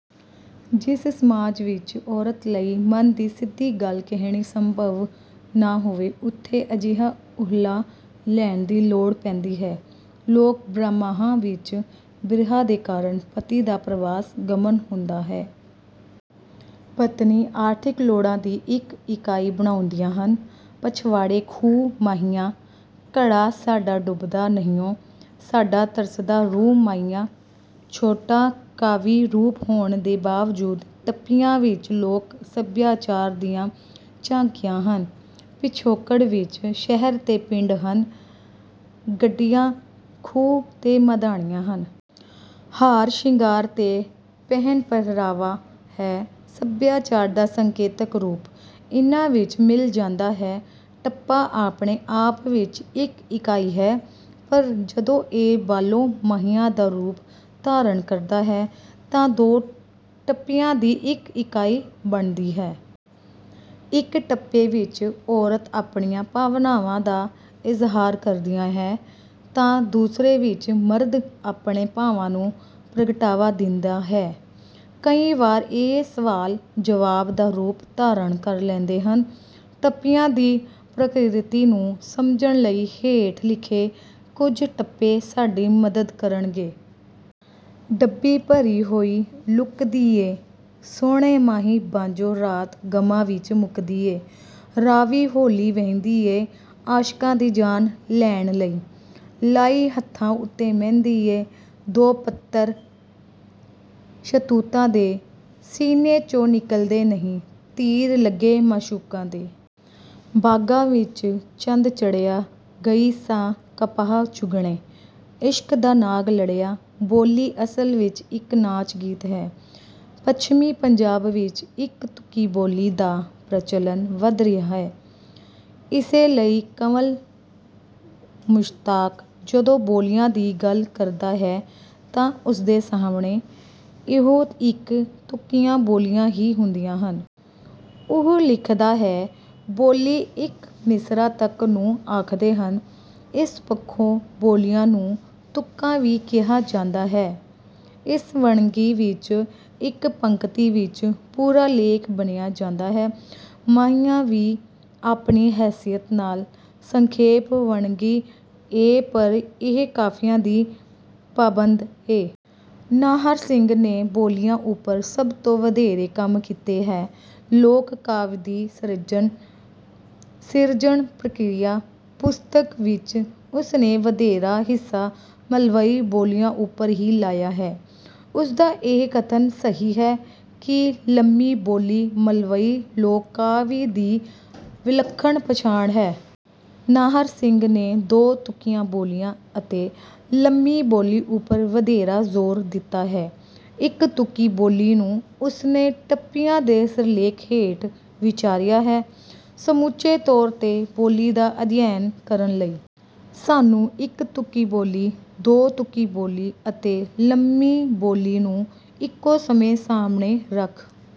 ਜਿਸ ਸਮਾਜ ਵਿਚ ਔਰਤ ਲਈ ਮਨ ਦੀ ਸਿੱਧੀ ਗੱਲ ਕੇਹਣੀ ਸੰਭਵ ਨਾ ਹੋਵੇ ਉਥੇ ਅਜਿਹਾ ਓਹਲਾ ਲੈਣ ਦੀ ਲੋੜ ਪੈਂਦੀ ਹੈ। ਲੋਕ ਬਰਾਂਮਾਹਾਂ ਵਿਚ ਬਿਰਹਾ ਦੇ ਕਾਰਣ, ਪਤੀ ਦਾ ਪਰਵਾਸ ਗਮਨ ਹੁੰਦਾ ਹੈ। ਪਤਨੀ ਆਰਥਿਕ ਲੋੜਾਂ ਦੀ ਇਕ ਇਕਾਈ ਬਣਾਉਦੀਆਂ ਹਨ। ਪਛਵਾੜੇ ਖੂਹ ਮਾਹੀਆ, ਘੜਾ ਸਾਡਾ ਡੁੱਬਦਾ ਨਹੀਉਂ, ਸਾਡਾ ਤਰਸਦਾ ਰੂਹ ਮਾਹੀਆ। ਛੋਟਾ ਕਾਵਿ ਰੂਪ ਹੋਣ ਦੇ ਬਾਵਜੂਦ ਟੱਪਿਆਂ ਵਿਚ ਲੋਕ ਸਭਿਆਚਾਰ ਦੀਆਂ ਝਾਕੀਆਂ ਹਨ। ਪਿਛੋਕੜ ਵਿਚ ਸ਼ਹਿਰ ਤੇ ਪਿੰਡ ਹਨ, ਗੱਡੀਆਂ, ਖੂਹ ਤੇ ਮਧਾਣੀਆਂ ਹਨ। ਹਾਰ ਸ਼ਿੰਗਾਰ ਤੇ ਪਹਿਨ ਪਹਿਰਾਵਾ ਹੈ| ਸਭਿਆਚਾਰ ਦਾ ਸੰਕੇਤਕ ਰੂਪ ਇਨ੍ਹਾਂ ਵਿਚ ਮਿਲ ਜਾਂਦਾ ਹੈ। ਟੱਪਾ ਆਪਣੇ ਆਪ ਵਿਚ ਇਕ ਇਕਾਈ ਹੈ। ਪਰ ਜਦੋਂ ਇਹ ਬਾਲੋ ਮਾਹੀਆ ਦਾ ਰੂਪ ਧਾਰਣ ਕਰਦਾ ਹੈ ਤਾਂ ਦੋ ਟੱਪਿਆਂ ਦੀ ਇਕ ਇਕਾਈ ਬਣਦੀ ਹੈ। ਇਕ ਟੱਪੇ ਵਿਚ ਔਰਤ ਆਪਣੀਆਂ ਭਾਵਨਾਵਾਂ ਦਾ ਇਜ਼ਹਾਰ ਕਰਦੀ ਹੈ ਤਾਂ ਦੂਸਰੇ ਵਿਚ ਮਰਦ ਆਪਣੇ ਭਾਵਾਂ ਨੂੰ ਪ੍ਰਗਟਾਵਾ ਦਿੰਦਾ ਹੈ। ਕਈ ਵਾਰ ਇਹ ਸਵਾਲ ਜਵਾਬ ਦਾ ਰੂਪ ਧਾਰਣ ਕਰ ਲੈਂਦੇ ਹਨ। ਟੱਪਿਆਂ ਦੀ ਪ੍ਰਕਿਰਤੀ ਨੂੰ ਸਮਝਣ ਲਈ ਹੇਠ ਲਿਖੇ ਕੁਝ ਟੱਪੇ ਸਾਡੀ ਮਦਦ ਕਰਨਗੇ। ਡੱਬੀ ਭਰੀ ਹੋਈ ਲੁੱਕ ਦੀ ਏ, ਸ੍ਹੋਣੇ ਮਾਹੀ ਬਾਝੋਂ ਰਾਤ ਗ਼ਮਾਂ ਵਿਚ ਮੁੱਕਦੀ ਏ। ਰਾਵੀ ਹੌਲ਼ੀ ਵਹਿੰਦੀ ਏ, ਆਸ਼ਕਾਂ ਦੀ ਜਾਨ ਲੈਣ ਲਈ, ਲਾਈ ਹੱਥਾਂ ਉੱਤੇ ਮਹਿੰਦੀ ਏ। ਦੋ ਪੱਤਰ ਸ਼ਤੂਤਾਂ ਦੇ, ਸੀਨੇ ਚੋਂ ਨਿਕਲਦੇ ਨਹੀਂ, ਤੀਰ ਲੱਗੇ ਮਾਸ਼ੂਕਾਂ ਦੇ। ਬਾਗਾਂ ਵਿਚ ਚੰਦ ਚੜ੍ਹਿਆ, ਗਈ ਸਾਂ ਕਪਾਹ ਚੁੱਗਣੇ, ਇਸ਼ਕ ਦਾ ਨਾਗ ਲੜਿਆ। ਬੋਲੀ ਅਸਲ ਵਿਚ ਇਕ ਨਾਚ ਗੀਤ ਹੈ। ਪੱਛਮੀ ਪੰਜਾਬ ਵਿਚ ਇਕ ਤੁਕੀ ਬੋਲੀ ਦਾ ਪ੍ਰਚਲਨ ਵਧ ਰਿਹਾ ਹੈ। ਇਸੇ ਲਈ ਕੰਵਲ ਮੁਸ਼ਤਾਕ ਜਦੋਂ ਬੋਲੀਆਂ ਦੀ ਗੱਲ ਕਰਦਾ ਹੈ ਤਾਂ ਉਸਦੇ ਸਾਹਮਣੇ ਇਹੋ ਇਕ ਤੁਕੀਆਂ ਬੋਲੀਆਂ ਹੀ ਹੁੰਦੀਆਂ ਹਨ। ਉਹ ਲਿਖਦਾ ਹੈ, ਬੋਲੀ ਇਕ ਮਿਸਰਾ ਤਕ ਨੂੰ ਆਖਦੇ ਹਨ। ਇਸ ਪੱਖੋਂ ਬੋਲੀਆਂ ਨੂੰ ਤੁਕਾਂ ਵੀ ਕਿਹਾ ਜਾਂਦਾ ਹੈ। ਇਸ ਵੰਨਗੀ ਵਿਚ, ਇਕ ਪੰਕਤੀ ਵਿਚ ਪੂਰਾ ਲੇਖ ਬੰਨ੍ਹਿਆਂ ਜਾਂਦਾ ਹੈ। ਮਾਹੀਆ ਵੀ ਆਪਣੀ ਹੈਸੀਅਤ ਨਾਲ ਸੰਖੇਪ ਵੰਨਗੀ ਏ ਪਰ ਇਹ ਕਾਫ਼ੀਆ ਦੀ ਪਾਬੰਦ ਏ। ਨਾਹਰ ਸਿੰਘ ਨੇ ਬੋਲੀਆਂ ਉਪਰ ਸਭ ਤੋਂ ਵਧੇਰੇ ਕੰਮ ਕੀਤੇ ਹੈ। ਲੋਕ ਕਾਵਿ ਦੀ ਸਿਰਜਣ ਪ੍ਰਕਿਰਿਆ ਪੁਸਤਕ ਵਿਚ ਉਸਨੇ ਵਧੇਰਾ ਹਿੱਸਾ ਮਲਵਈ ਬੋਲੀਆਂ ਉਪਰ ਹੀ ਲਾਇਆ ਹੈ। ਉਸਦਾ ਇਹ ਕਥਨ ਸਹੀ ਹੈ ਕਿ ਲੰਮੀ ਬੋਲੀ ਮਲਵਈ ਲੋਕ ਕਾਵਿ ਦੀ ਵਿਲੱਖਣ ਪਛਾਣ ਹੈ। ਨਾਹਰ ਸਿੰਘ ਨੇ ਦੋ ਤੁਕੀਆਂ ਬੋਲੀਆਂ ਅਤੇ ਲੰਮੀ ਬੋਲੀ ਉਪਰ ਵਧੇਰਾ ਜ਼ੋਰ ਦਿੱਤਾ ਹੈ। ਇਕ ਤੁਕੀ ਬੋਲੀ ਨੂੰ ਉਸਨੇ ਟੱਪਿਆਂ ਦੇ ਸਿਰਲੇਖ ਹੇਠ ਵਿਚਾਰਿਆ ਹੈ। ਸਮੁੱਚੇ ਤੌਰ ਤੇ ਬੋਲੀ ਦਾ ਅਧਿਐਨ ਕਰਨ ਲਈ ਸਾਨੂੰ ਇਕ ਤੁਕੀ ਬੋਲੀ, ਦੋ ਤੁਕੀ ਬੋਲੀ ਅਤੇ ਲੰਮੀ ਬੋਲੀ ਨੂੰ ਇਕੋ ਸਮੇਂ ਸਾਹਮਣੇ ਰੱਖ